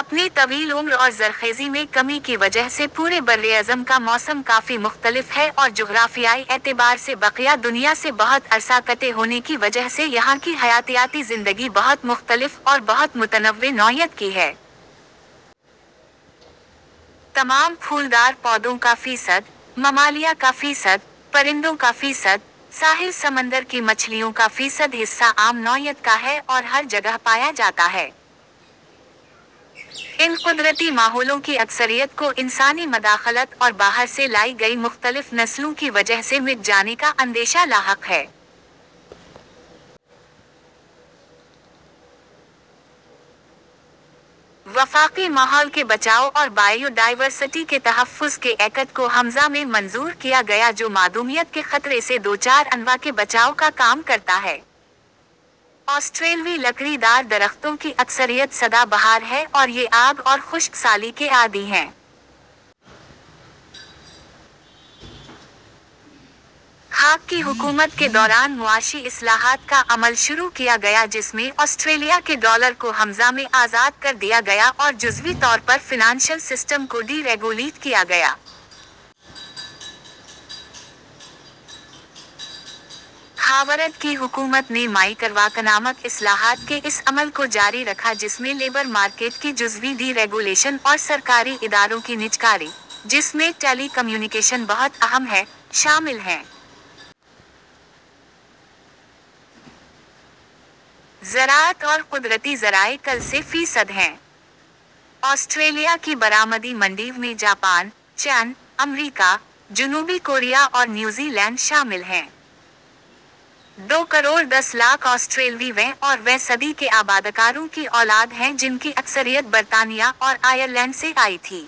اپنی طویل عمر اور زرخیزی میں کمی کی وجہ سے پورے براعظم کا موسم کافی مختلف ہے اور جغرافیائی اعتبار سے بقیہ دنیا سے بہت عرصہ کٹے ہونے کی وجہ سے یہاں کی حیاتیاتی زندگی بہت مختلف اور بہت متنوع نوعیت کی ہے۔ تمام پھولدار پودوں کا فیصد، ممالیہ کا فیصد، پرندوں کا فیصد، ساحل سمندر کی مچھلیوں کا فیصد حصہ عام نوعیت کا ہے اور ہر جگہ پایا جاتا ہے۔ ان قدرتی ماحولوں کی اکثریت کو انسانی مداخلت اور باہر سے لائی گئی مختلف نسلوں کی وجہ سے مٹ جانے کا اندیشہ لاحق ہے۔ وفاقی ماحول کے بچاؤ اور بائیو ڈائورسٹی کے تحفظ کے ایکٹ کو ء میں منظور کیا گیا جو معدومیت کے خطرے سے دوچار انواع کے بچاؤ کا کام کرتا ہے۔ آسٹریلوی لکڑی دار درختوں کی اکثریت سدا بہار ہے اور یہ آگ اور خشک سالی کے عادی ہیں۔ ہاک کی حکومت کے دوران معاشی اصلاحات کا عمل شروع کیا گیا جس میں آسٹریلیا کے ڈالر کو ء میں آزاد کر دیا گیا اور جزوی طور پر فنانشل سسٹم کو ڈی ریگولیٹ کیا گیا۔ ہاورڈ کی حکومت نے مائیکرواکنامک اصلاحات کے اس عمل کو جاری رکھا جس میں لیبر مارکیٹ کی جزوی ڈی ریگولیشن اور سرکاری اداروں کی نجکاری، جس میں ٹیلی کمیونیکیشن بہت اہم ہے، شامل ہیں۔ زراعت اور قدرتی ذرائع کل سے فیصد ہیں۔ آسٹریلیا کی برآمدی منڈیوں میں جاپان، چین ، امریکا، جنوبی کوریا اور نیوزی لینڈ شامل ہیں۔ دو کروڑ دس لاکھ آسٹریلوی ویں اور ویں صدی کے آبادکاروں کی اولاد ہیں جن کی اکثریت برطانیہ اور آئرلینڈ سے آئی تھی۔